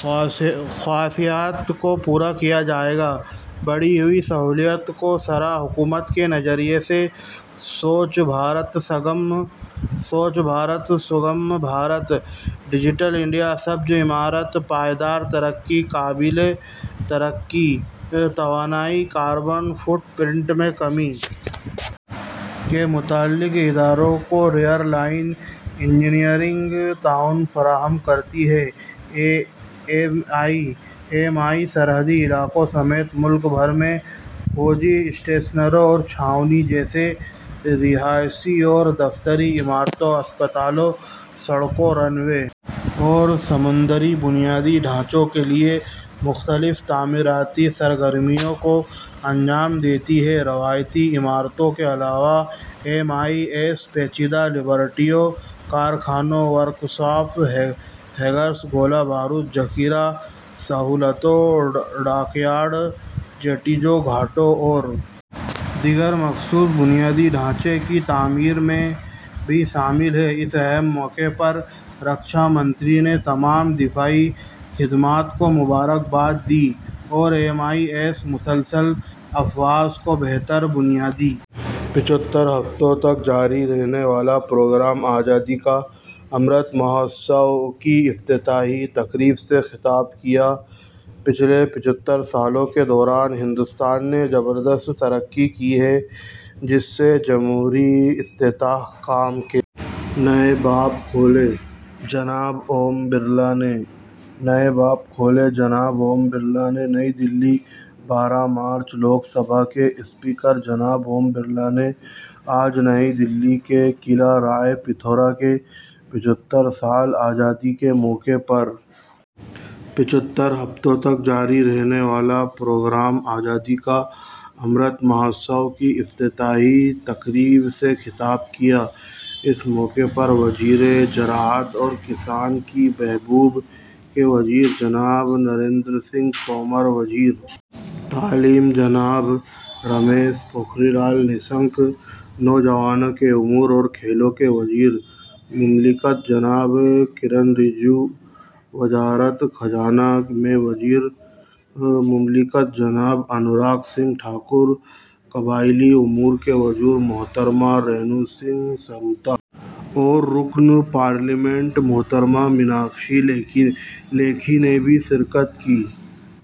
خواہشات کو پورا کیا جائے گا بڑھی ہوئی سہولیات کی شرح حکومت کے نظریے اور سوچھ بھارت سگم بھارت ڈیجیٹل انڈیا سبز عمارت پائیدار ترقی قابل تجدید توانائی کاربن فٹ پرنٹ میں کمی کے متعلقہ اداروں کو ریئر لائن انجینئرنگ تعاون فراہم کرتی ہے ایم ای ایس سرحدی علاقوں سمیت ملک بھر میں فوجی اسٹیشنوں اور چھاؤنیوں جیسے رہائشی اور دفتری عمارتوں اسپتالوں سڑکوں رن وے اور سمندری بنیادی ڈھانچے کے لیے مختلف تعمیراتی سرگرمیوں کو انجام دیتی ہے روایتی عمارتوں کے علاوہ ایم ای ایس پیچیدہ لیبارٹریوں کارخانوں ورکشاپس ہینگرز گولہ بارود ذخیرہ سہولتوں ڈاکیارڈ جیٹیز گھاٹوں اور دیگر مخصوص بنیادی ڈھانچے کی تعمیر میں بھی شامل ہے اس اہم موقع پر رکشا منتری نے تمام دفاعی خدمات کو مبارکباد دی اور ایم ای ایس سے مسلح افواج کو بہتر بنیادی پچھتر ہفتوں تک جاری رہنے والے پروگرام آزادی کا امرت مہوتسو کی افتتاحی تقریب سے خطاب کیا پچھلے پچھتر سالوں کے دوران ہندوستان نے زبردست ترقی کی ہے جس نے جمہوری استحکام کے نئے باب کھولے ہیں جناب اوم برلا نئی دہلی بارہ مارچ لوک سبھا کے اسپیکر جناب اوم برلا نے آج نئی دہلی کے قلعہ رائے پتھورا میں پچھترویں سال آزادی کے موقع پر پچھتر ہفتوں تک جاری رہنے والے پروگرام آزادی کا امرت مہوتسو کی افتتاحی تقریب سے خطاب کیا اس موقع پر وزیر زراعت اور کسانوں کی بہبود کے وزیر جناب نریندر سنگھ تومر وزیر تعلیم جناب رمیش پوکھریال نشنک نوجوانوں کے امور اور کھیلوں کے وزیر مملکت جناب کیرن رجیجو وزارت خزانہ میں وزیر مملکت جناب انوراگ سنگھ ٹھاکر قبائلی امور کی وزیر محترمہ رینوکا سنگھ سروتا اور رکن پارلیمنٹ محترمہ میناکشی لیکھی نے بھی شرکت کی